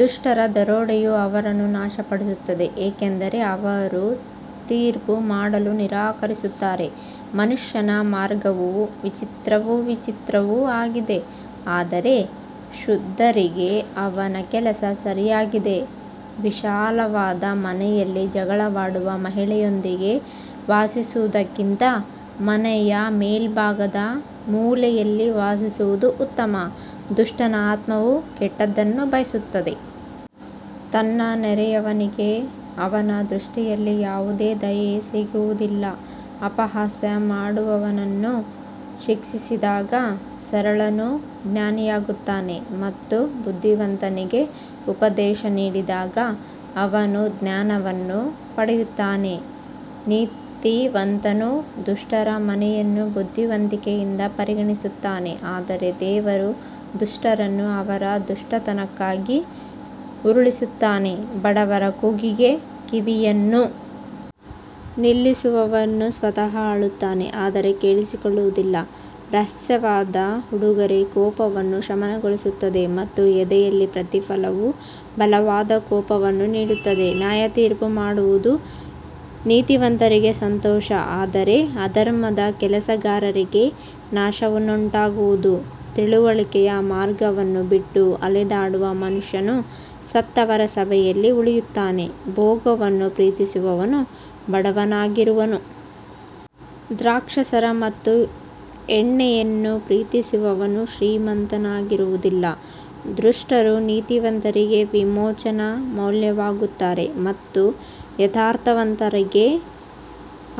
ದುಷ್ಟರ ದರೋಡೆಯು ಅವರನ್ನು ನಾಶಮಾಡುತ್ತದೆ ಏಕೆಂದರೆ ಅವರು ತೀರ್ಪು ಮಾಡಲು ನಿರಾಕರಿಸುತ್ತಾರೆ ಮನುಷ್ಯನ ಮಾರ್ಗವು ವಿಚಿತ್ರವೂ ವಿಚಿತ್ರವೂ ಆಗಿದೆ ಆದರೆ ಶುದ್ಧರಿಗೆ ಅವನ ಕೆಲಸ ಸರಿಯಾಗಿದೆ ವಿಶಾಲವಾದ ಮನೆಯಲ್ಲಿ ಜಗಳವಾಡುವ ಮಹಿಳೆಯೊಂದಿಗೆ ವಾಸಿಸುವುದಕ್ಕಿಂತ ಮನೆಯ ಮೇಲ್ಭಾಗದ ಮೂಲೆಯಲ್ಲಿ ವಾಸಿಸುವುದು ಉತ್ತಮ ದುಷ್ಟನ ಆತ್ಮವು ಕೆಟ್ಟದ್ದನ್ನು ಬಯಸುತ್ತದೆ, ತನ್ನ ನೆರೆಯವನಿಗೆ ಅವನ ದೃಷ್ಟಿಯಲ್ಲಿ ಯಾವುದೇ ದಯೆ ಸಿಗುವುದಿಲ್ಲ ಅಪಹಾಸ್ಯ ಮಾಡುವವನನ್ನು ಶಿಕ್ಷಿಸಿದಾಗ ಸರಳನು ಜ್ಞಾನಿಯಾಗುತ್ತಾನೆ ಮತ್ತು ಬುದ್ಧಿವಂತನಿಗೆ ಉಪದೇಶ ನೀಡಿದಾಗ ಅವನು ಜ್ಞಾನವನ್ನು ಪಡೆಯುತ್ತಾನೆ ನೀತಿವಂತನು ದುಷ್ಟರ ಮನೆಯನ್ನು ಬುದ್ಧಿವಂತಿಕೆಯಿಂದ ಪರಿಗಣಿಸುತ್ತಾನೆ ಆದರೆ ದೇವರು ದುಷ್ಟರನ್ನು ಅವರ ದುಷ್ಟತನಕ್ಕಾಗಿ ಉರುಳಿಸುತ್ತಾನೆ ಬಡವರ ಕೂಗಿಗೆ ಕಿವಿಯನ್ನು ನಿಲ್ಲಿಸುವವನು ಸ್ವತಃ ಅಳುತ್ತಾನೆ ಆದರೆ ಕೇಳಿಸಿಕೊಳ್ಳುವುದಿಲ್ಲ ರಹಸ್ಯವಾದ ಉಡುಗೊರೆ ಕೋಪವನ್ನು ಶಮನಗೊಳಿಸುತ್ತದೆ ಮತ್ತು ಎದೆಯಲ್ಲಿ ಪ್ರತಿಫಲವು ಬಲವಾದ ಕೋಪವನ್ನು ನೀಡುತ್ತದೆ ನ್ಯಾಯತೀರ್ಪುಮಾಡುವುದು ನೀತಿವಂತರಿಗೆ ಸಂತೋಷ ಆದರೆ ಅಧರ್ಮದ ಕೆಲಸಗಾರರಿಗೆ ನಾಶನವುಂಟಾಗುವುದು ತಿಳುವಳಿಕೆಯ ಮಾರ್ಗವನ್ನು ಬಿಟ್ಟು ಅಲೆದಾಡುವ ಮನುಷ್ಯನು ಸತ್ತವರ ಸಭೆಯಲ್ಲಿ ಉಳಿಯುತ್ತಾನೆ ಭೋಗವನ್ನು ಪ್ರೀತಿಸುವವನು ಬಡವನಾಗಿರುವನು, ದ್ರಾಕ್ಷಾರಸ ಮತ್ತು ಎಣ್ಣೆಯನ್ನು ಪ್ರೀತಿಸುವವನು ಶ್ರೀಮಂತನಾಗುವುದಿಲ್ಲ ದುಷ್ಟರು ನೀತಿವಂತರಿಗೆ ವಿಮೋಚನಾ ಮೌಲ್ಯವಾಗುತ್ತಾರೆ ಮತ್ತು ಯಥಾರ್ಥವಂತರಿಗೆ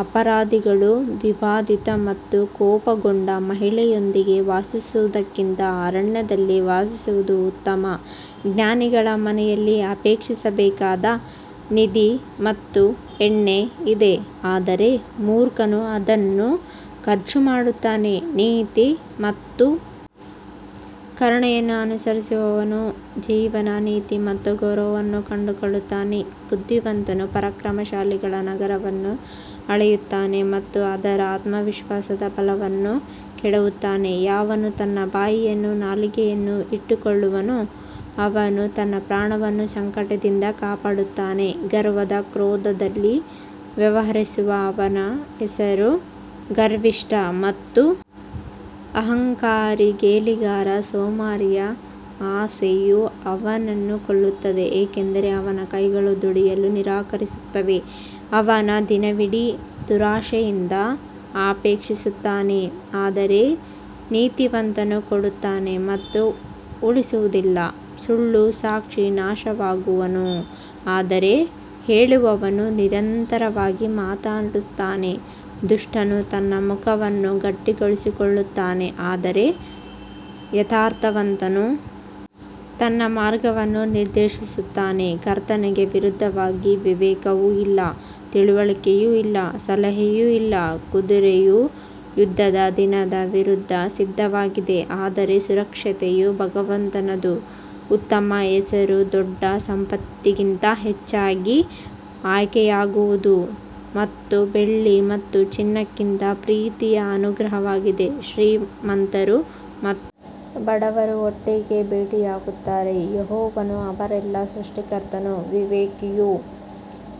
ಅಪರಾಧಿಗಳು ವಿವಾದಿತ ಮತ್ತು ಕೋಪಗೊಂಡ ಮಹಿಳೆಯೊಂದಿಗೆ ವಾಸಿಸುವುದಕ್ಕಿಂತ ಅರಣ್ಯದಲ್ಲಿ ವಾಸಿಸುವುದು ಉತ್ತಮ ಜ್ಞಾನಿಗಳ ಮನೆಯಲ್ಲಿ ಅಪೇಕ್ಷಿಸಬೇಕಾದ ನಿಧಿ ಮತ್ತು ಎಣ್ಣೆ ಇದೆ ಆದರೆ ಮೂರ್ಖನು ಅದನ್ನು ಖರ್ಚುಮಾಡುತ್ತಾನೆ ನೀತಿ ಮತ್ತು ಕರುಣೆಯನ್ನು ಅನುಸರಿಸುವವನು ಜೀವನ ನೀತಿ ಮತ್ತು ಗೌರವವನ್ನು ಕಂಡುಕೊಳ್ಳುತ್ತಾನೆ ಬುದ್ಧಿವಂತನು ಪರಾಕ್ರಮಶಾಲಿಗಳ ನಗರವನ್ನು ಅಳೆಯುತ್ತಾನೆ ಮತ್ತು ಅದರ ಆತ್ಮವಿಶ್ವಾಸದ ಬಲವನ್ನು ಕೆಡವುತ್ತಾನೆ ಯಾವನು ತನ್ನ ಬಾಯಿಯನ್ನೂ ನಾಲಿಗೆಯನ್ನೂ ಇಟ್ಟುಕೊಳ್ಳುವನೋ ಅವನು ತನ್ನ ಪ್ರಾಣವನ್ನು ಸಂಕಟದಿಂದ ಕಾಪಾಡುತ್ತಾನೆ ಗರ್ವದ ಕ್ರೋಧದಲ್ಲಿ ವ್ಯವಹರಿಸುವ ಅವನ ಹೆಸರು ಗರ್ವಿಷ್ಠ ಮತ್ತು ಅಹಂಕಾರಿ ಗೇಲಿಗಾರ ಸೋಮಾರಿಯ ಆಸೆಯು ಅವನನ್ನು ಕೊಲ್ಲುತ್ತದೆ ಏಕೆಂದರೆ ಅವನ ಕೈಗಳು ದುಡಿಯಲು ನಿರಾಕರಿಸುತ್ತವೆ ಅವನು ದಿನವಿಡೀ ದುರಾಶೆಯಿಂದ ಅಪೇಕ್ಷಿಸುತ್ತಾನೆ ಆದರೆ ನೀತಿವಂತನು ಕೊಡುತ್ತಾನೆ ಮತ್ತು ಉಳಿಸುವುದಿಲ್ಲ ಸುಳ್ಳು ಸಾಕ್ಷಿ ನಾಶವಾಗುವನು ಆದರೆ ಕೇಳುವವನು ನಿರಂತರವಾಗಿ ಮಾತನಾಡುತ್ತಾನೆ ದುಷ್ಟನು ತನ್ನ ಮುಖವನ್ನು ಗಟ್ಟಿಗೊಳಿಸಿಕೊಳ್ಳುತ್ತಾನೆ ಆದರೆ ಯಥಾರ್ಥವಂತನು ತನ್ನ ಮಾರ್ಗವನ್ನು ನಿರ್ದೇಶಿಸುತ್ತಾನೆ ಕರ್ತನಿಗೆ ವಿರುದ್ಧವಾಗಿ ವಿವೇಕವೂ ಇಲ್ಲ, ತಿಳುವಳಿಕೆಯೂ ಇಲ್ಲ, ಸಲಹೆಯೂ ಇಲ್ಲ ಕುದುರೆಯು ಯುದ್ಧದ ದಿನದ ವಿರುದ್ಧ ಸಿದ್ಧವಾಗಿದೆ ಆದರೆ ಸುರಕ್ಷತೆಯು ಭಗವಂತನದು ಉತ್ತಮ ಹೆಸರು ದೊಡ್ಡ ಸಂಪತ್ತಿಗಿಂತ ಹೆಚ್ಚಾಗಿ ಆಯ್ಕೆಯಾಗುವುದು ಮತ್ತು ಬೆಳ್ಳಿ ಮತ್ತು ಚಿನ್ನಕ್ಕಿಂತ ಪ್ರೀತಿಯ ಅನುಗ್ರಹವಾಗಿದೆ ಶ್ರೀಮಂತರು ಮತ್ತು ಬಡವರು ಒಟ್ಟಿಗೆ ಭೇಟಿಯಾಗುತ್ತಾರೆ ಯೆಹೋವನು ಅವರೆಲ್ಲರ ಸೃಷ್ಟಿಕರ್ತನು ವಿವೇಕಿಯು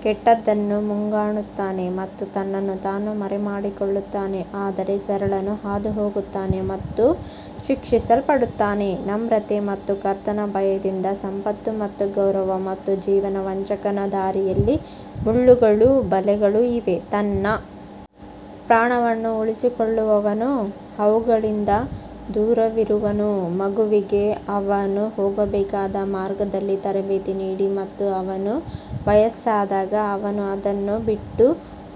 ಕೆಟ್ಟದ್ದನ್ನು ಮುಂಗಾಣುತ್ತಾನೆ ಮತ್ತು ತನ್ನನ್ನು ತಾನು ಮರೆಮಾಡಿಕೊಳ್ಳುತ್ತಾನೆ ಆದರೆ ಸರಳನು ಹಾದುಹೋಗುತ್ತಾನೆ ಮತ್ತು ಶಿಕ್ಷಿಸಲ್ಪಡುತ್ತಾನೆ ನಮ್ರತೆ ಮತ್ತು ಕರ್ತನ ಭಯದಿಂದ ಸಂಪತ್ತು ಮತ್ತು ಗೌರವ ಮತ್ತು ಜೀವನ ವಂಚಕನ ದಾರಿಯಲ್ಲಿ ಮುಳ್ಳುಗಳೂ ಬಲೆಗಳೂ ಇವೆ, ತನ್ನ ಪ್ರಾಣವನ್ನು ಉಳಿಸಿಕೊಳ್ಳುವವನು ಅವುಗಳಿಂದ ದೂರವಿರುವನು ಮಗುವಿಗೆ ಅವನು ಹೋಗಬೇಕಾದ ಮಾರ್ಗದಲ್ಲಿ ತರಬೇತಿ ನೀಡಿ ಮತ್ತು ಅವನು ವಯಸ್ಸಾದಾಗ ಅವನು ಅದನ್ನು ಬಿಟ್ಟು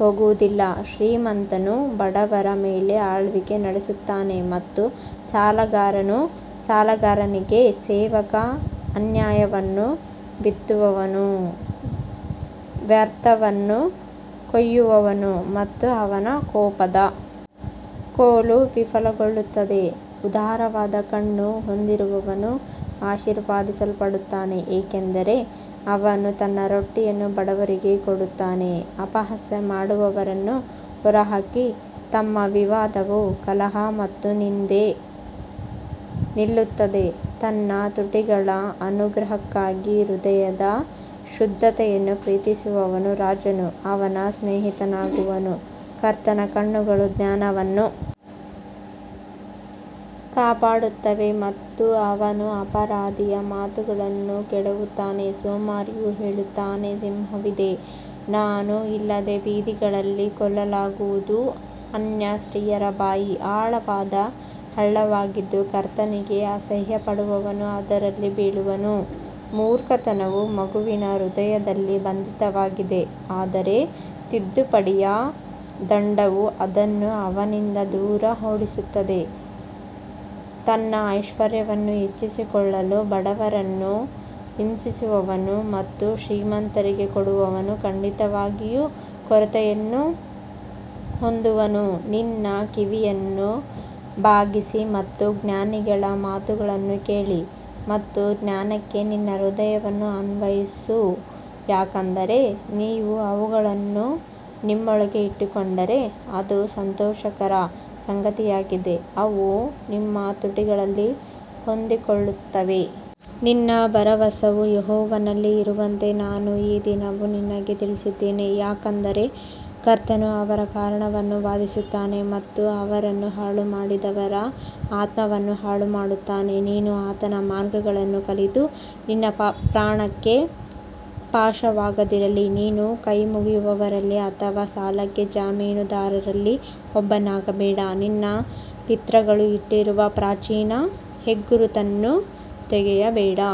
ಹೋಗುವುದಿಲ್ಲ ಶ್ರೀಮಂತನು ಬಡವರ ಮೇಲೆ ಆಳ್ವಿಕೆ ನಡೆಸುತ್ತಾನೆ ಮತ್ತು ಸಾಲಗಾರನು ಸಾಲಗಾರನಿಗೆ ಸೇವಕ ಅನ್ಯಾಯವನ್ನು ಬಿತ್ತುವವನು ವ್ಯರ್ಥವನ್ನು ಕೊಯ್ಯುವನು ಮತ್ತು ಅವನ ಕೋಪದ ಕೋಲು ವಿಫಲಗೊಳ್ಳುತ್ತದೆ ಉದಾರವಾದ ಕಣ್ಣು ಹೊಂದಿರುವವನು ಆಶೀರ್ವದಿಸಲ್ಪಡುತ್ತಾನೆ ಏಕೆಂದರೆ ಅವನು ತನ್ನ ರೊಟ್ಟಿಯನ್ನು ಬಡವರಿಗೆ ಕೊಡುತ್ತಾನೆ ಅಪಹಾಸ್ಯ ಮಾಡುವವರನ್ನು ಹೊರಹಾಕಿ ಮತ್ತು ವಿವಾದವು ಕಲಹ ಮತ್ತು ನಿಂದೆ ನಿಲ್ಲುತ್ತದೆ ತನ್ನ ತುಟಿಗಳ ಅನುಗ್ರಹಕ್ಕಾಗಿ ಹೃದಯದ ಶುದ್ಧತೆಯನ್ನು ಪ್ರೀತಿಸುವವನು ರಾಜನು ಅವನ ಸ್ನೇಹಿತನಾಗುವನು ಕರ್ತನ ಕಣ್ಣುಗಳು ಜ್ಞಾನವನ್ನು ಕಾಪಾಡುತ್ತವೆ ಮತ್ತು ಅವನು ಅಪರಾಧಿಯ ಮಾತುಗಳನ್ನು ಕೆಡವುತ್ತಾನೆ ಸೋಮಾರಿಯು ಹೇಳುತ್ತಾನೆ ಸಿಂಹವಿದೆ ನಾನು ಇಲ್ಲದೆ ಬೀದಿಗಳಲ್ಲಿ ಕೊಲ್ಲಲಾಗುವುದು ಅನ್ಯ ಸ್ತ್ರೀಯರ ಬಾಯಿ ಆಳವಾದ ಹಳ್ಳವಾಗಿದ್ದು ಕರ್ತನಿಗೆ ಅಸಹ್ಯಪಡುವವನು ಅದರಲ್ಲಿ ಬೀಳುವನು ಮೂರ್ಖತನವು ಮಗುವಿನ ಹೃದಯದಲ್ಲಿ ಬಂಧಿತವಾಗಿದೆ ಆದರೆ ತಿದ್ದುಪಡಿಯ ದಂಡವು ಅದನ್ನು ಅವನಿಂದ ದೂರ ಓಡಿಸುತ್ತದೆ ತನ್ನ ಐಶ್ವರ್ಯವನ್ನು ಹೆಚ್ಚಿಸಿಕೊಳ್ಳಲು ಬಡವರನ್ನು ಹಿಂಸಿಸುವವನು ಮತ್ತು ಶ್ರೀಮಂತರಿಗೆ ಕೊಡುವವನು ಖಂಡಿತವಾಗಿಯೂ ಕೊರತೆಯನ್ನು ಹೊಂದುವನು ನಿನ್ನ ಕಿವಿಯನ್ನು ಬಾಗಿಸಿ ಮತ್ತು ಜ್ಞಾನಿಗಳ ಮಾತುಗಳನ್ನು ಕೇಳಿ ಮತ್ತು ನನ್ನ ಜ್ಞಾನಕ್ಕೆ ನಿನ್ನ ಹೃದಯವನ್ನು ಅನ್ವಯಿಸು ಯಾಕಂದರೆ ನೀವು ಅವುಗಳನ್ನು ನಿಮ್ಮೊಳಗೆ ಇಟ್ಟುಕೊಂಡರೆ ಅದು ಸಂತೋಷಕರ ಸಂಗತಿಯಾಗಿದೆ, ಅವು ನಿಮ್ಮ ತುಟಿಗಳಲ್ಲಿ ಹೊಂದಿಕೊಳ್ಳುತ್ತವೆ. ನಿನ್ನ ಭರವಸವು ಯೆಹೋವನಲ್ಲಿ ಇರುವಂತೆ ನಾನು ಈ ದಿನವೂ ನಿನಗೆ ತಿಳಿಸಿದ್ದೇನೆ ಯಾಕಂದರೆ ಕರ್ತನು ಅವರ ಕಾರಣವನ್ನು ವಾದಿಸುತ್ತಾನೆ ಮತ್ತು ಅವರನ್ನು ಹಾಳು ಮಾಡಿದವರ ಆತ್ಮವನ್ನು ಹಾಳುಮಾಡುತ್ತಾನೆ ನೀನು ಆತನ ಮಾರ್ಗಗಳನ್ನು ಕಲಿತು ನಿನ್ನ ಪ್ರಾಣಕ್ಕೆ ಪಾಶವಾಗದಿರಲಿ ನೀನು ಕೈಮುಗಿಯುವವರಲ್ಲಿ ಅಥವಾ ಸಾಲಕ್ಕೆ ಜಾಮೀನುದಾರರಲ್ಲಿ ಒಬ್ಬನಾಗಬೇಡ ನಿನ್ನ ಪಿತೃಗಳು ಇಟ್ಟಿರುವ ಪ್ರಾಚೀನ ಹೆಗ್ಗುರುತನ್ನು ತೆಗೆಯಬೇಡ.